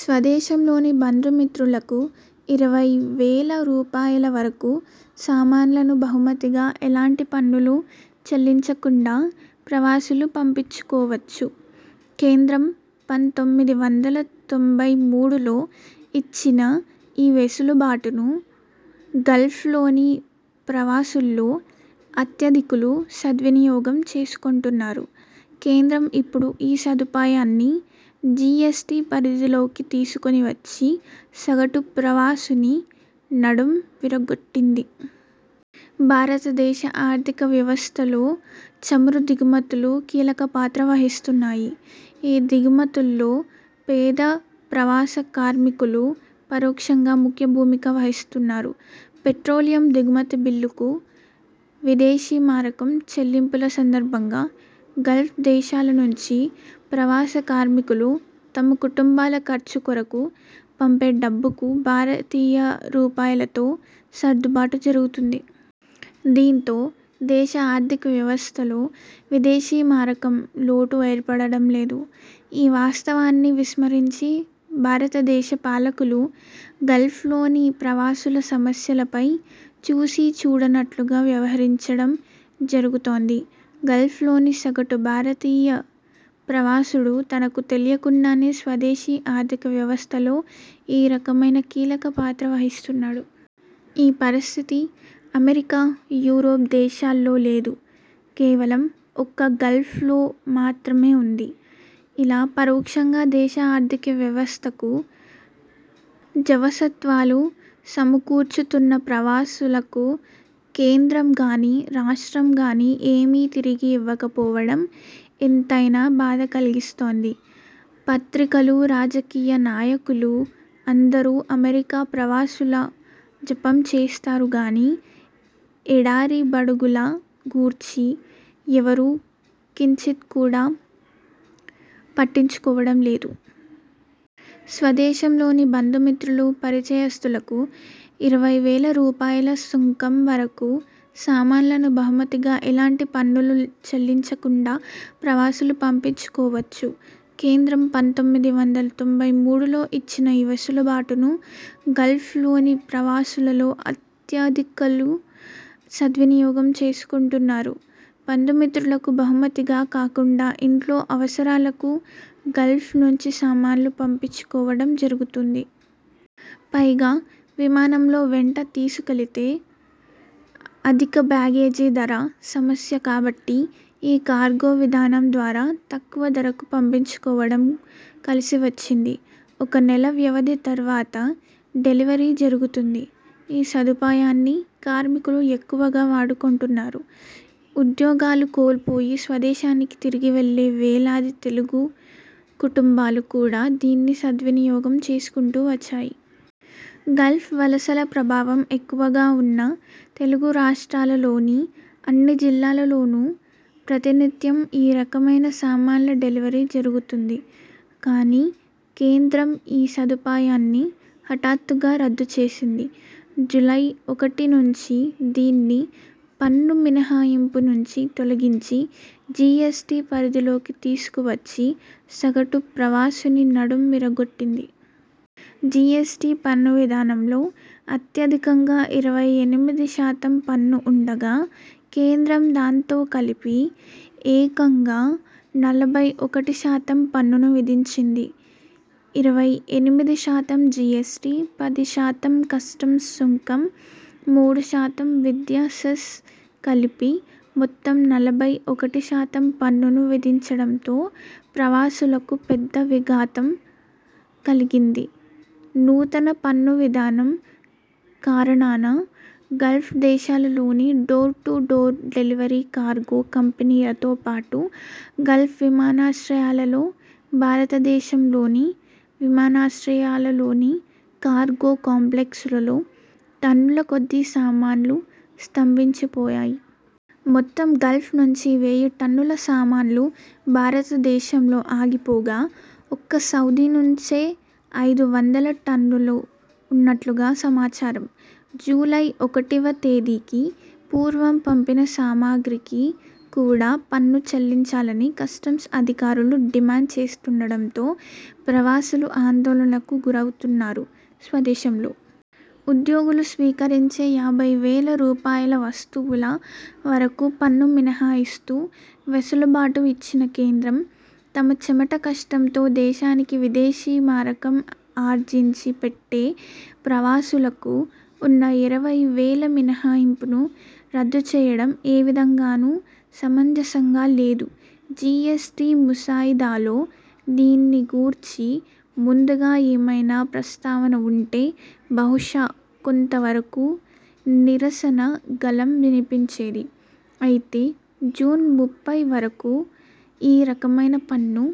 స్వదేశంలోని బంధుమిత్రులకు ఇరవై వేల రూపాయల వరకు సామాన్లను బహుమతిగా ఎలాంటి పన్నులు చెల్లించకుండా ప్రవాసులు పంపించుకోవచ్చు. కేంద్రం పంతొమ్మిది వందల తొంభై మూడులో ఇచ్చిన ఈ వెసులుబాటును గల్ఫ్లోని ప్రవాసుల్లో అత్యధికులు సద్వినియోగం చేసుకొంటున్నారు కేంద్రం ఇప్పుడు ఈ సదుపాయాన్ని జీఎస్టీ పరిధిలోకి తీసుకొని వచ్చి సగటు ప్రవాసుని నడుం విరగొట్టింది. భారతదేశ ఆర్థిక వ్యవస్థలో చమురు దిగుమతులు కీలకపాత్ర వహిస్తున్నాయి. ఈ దిగుమతుల్లో పేద ప్రవాస కార్మికులు పరోక్షంగా ముఖ్య భూమిక వహిస్తున్నారు. పెట్రోలియం దిగుమతి బిల్లుకు విదేశీమారకం చెల్లింపుల సందర్భంగా గల్ఫ్ దేశాల నుంచి ప్రవాస కార్మికులు తమ కుటుంబాల ఖర్చు కొరకు పంపే డబ్బుకు భారతీయ రూపాయలతో సర్దుబాటు జరుగుతుంది. దీంతో దేశ ఆర్థిక వ్యవస్థలో విదేశీ మారకం లోటు ఏర్పడడం లేదు. ఈ వాస్త వాన్ని విస్మరించి భారతదేశ పాలకులు గల్ఫ్లోని ప్రవాసుల సమస్యలపై చూసీచూడనట్లుగా వ్యవహరించడం జరుగుతోంది. గల్ఫ్లోని సగటు భారతీయ ప్రవాసుడు తనకు తెలియకుండానే స్వదేశీ ఆర్థికవ్యవస్థలో ఈ రకమైన కీలక పాత్ర వహిస్తున్నాడు. ఈ పరిస్థితి అమెరికా, యూరోప్ దేశాల్లో లేదు, కేవలం ఒక్క గల్ఫ్లో మాత్రమే ఉంది. ఇలా పరోక్షంగా దేశ ఆర్థిక వ్యవస్థకు జవసత్వాలు సమకూర్చుతున్న ప్రవాసులకు కేంద్రం గానీ, రాష్ట్రం గానీ ఏమీ తిరిగి ఇవ్వకపోవడం ఎంతైనా బాధ కల్గిస్తోంది. పత్రికలు, రాజకీయ నాయ కులు అందరూ అమెరికా ప్రవాసుల జపం చేస్తారు గానీ ఎడారి బడుగుల గూర్చి ఎవరూ కించిత్ కూడా పట్టించుకోవడం లేదు. స్వదేశంలోని బంధుమిత్రులు, పరిచయస్తులకు ఇరవైవేల రూపాయల సుంకం వరకు సామాన్లను బహుమతిగా ఎలాంటి పన్నులు చెల్లించకుండా ప్రవాసులు పంపించుకోవచ్చు కేంద్రం పంతొమ్మిది వందల తొంభై మూడులో ఇచ్చిన ఈ వెసులుబాటును గల్ఫ్లోని ప్రవాసులలో అత్యధికులు సద్వినియోగం చేసుకొంటున్నారు బంధుమిత్రులకు బహుమతిగా కాకుండా ఇంట్లో అవసరాలకు గల్ఫ్ నుంచి సామాన్లు పంపించుకోవడం జరుగుతోంది. పైగా విమానంలో వెంట తీసుకెళితే అధిక బ్యాగేజీ ధర సమస్య కాబట్టి ఈ కార్గో విధానంద్వారా తక్కువ ధరకు పంపించుకోవడంతో కలిసి వచ్చింది. ఒక నెల వ్యవధి తర్వాత డెలివరీ జరుగుతుంది. ఈ సదుపాయాన్ని కార్మికులు ఎక్కువగా వాడుకొంటున్నారు. ఉద్యోగాలు కోల్పోయి స్వదేశానికి తిరిగివెళ్ళే వేలాది తెలుగు కుటుంబాలు కూడా దీన్ని సద్వినియోగం చేసుకుంటూ వచ్చాయి. గల్ఫ్ వలసల ప్రభావం ఎక్కవగా ఉన్న తెలుగు రాష్ట్రాలలోని అన్ని జిల్లాల్లోనూ ప్రతినిత్యం ఈ రకమైన సామాన్ల డెలివరీ జరుగుతుంది. కానీ కేంద్రం ఈ సదుపాయాన్ని హఠాత్తుగా రద్దు చేసింది. జూలై ఒకటి నుంచి దీన్ని పన్ను మినహాయింపు నుంచి తొలగించి జీఎస్టీ పరిధిలోకి తీసుకువచ్చి సగటు ప్రవాసుని నడుం విరగొట్టింది. జీఎస్టీ పన్ను విధానంలో అత్యధికంగా ఇరవై ఎనిమిది శాతం పన్ను ఉండగా కేంద్రం దాంతో కలిపి ఏకంగా నలభై ఒకటి శాతం పన్నును విధించింది ఇరవై ఎనిమిది శాతం జీఎస్టీ, పది శాతం కస్టమ్స్ సుంకం, మూడు శాతం విద్యా సెస్ కలిపి మొత్తం నలభై ఒకటి శాతం పన్నును విధించడంతో ప్రవాసులకు పెద్ద విఘాతం కలిగింది నూతన పన్ను విధానం కారణాన గల్ఫ్ దేశాలలోని door to door delivery cargo కంపెనీలతో పాటు గల్ఫ్ విమానాశ్రయాలలో, భారతదేశంలోని విమానాశ్రయాలలోని కార్గో కాంప్లెక్సులలో టన్నుల కొద్ది సామాన్లు స్తంభించిపోయాయి. మొత్తం గల్ఫ్ నుంచి వేయి టన్నుల సామాన్లు భారతదేశంలో ఆగిపోగా ఒక్క సౌదీ నుంచే ఐదు వందల టన్నులు ఉన్నట్లుగా సమాచారం జూలై ఒకటివ తేదీకి పూర్వం పంపిన సామాగ్రికి కూడా పన్ను చెల్లించాలని కస్టమ్స్ అధికారులు డిమాండ్ చేస్తుండడంతో ప్రవాసులు ఆందోళనకు గురవుతున్నారు స్వదేశంలో ఉద్యోగులు స్వీకరించే యాభైవేల రూపాయల వస్తువుల వరకు పన్ను మినహాయిస్తూ వెసులుబాటు ఇచ్చిన కేంద్రం, తమ చెమట కష్టంతో దేశానికి విదేశీ మారకం ఆర్జించి పెట్టే ప్రవాసులకు ఉన్న ఇరవైవేల మినహాయింపును రద్దుచేయడం ఏ విధంగానూ సమంజసంగా లేదు జీఎస్టీ ముసాయిదాలో దీనిగూర్చి ముందుగా ఏమైనా ప్రస్తావన ఉంటే బహుశా కొంత వరకు నిరసన గళం వినిపించేది. అయితే జూన్ ముప్పై వరకు ఈ రకమైన పన్ను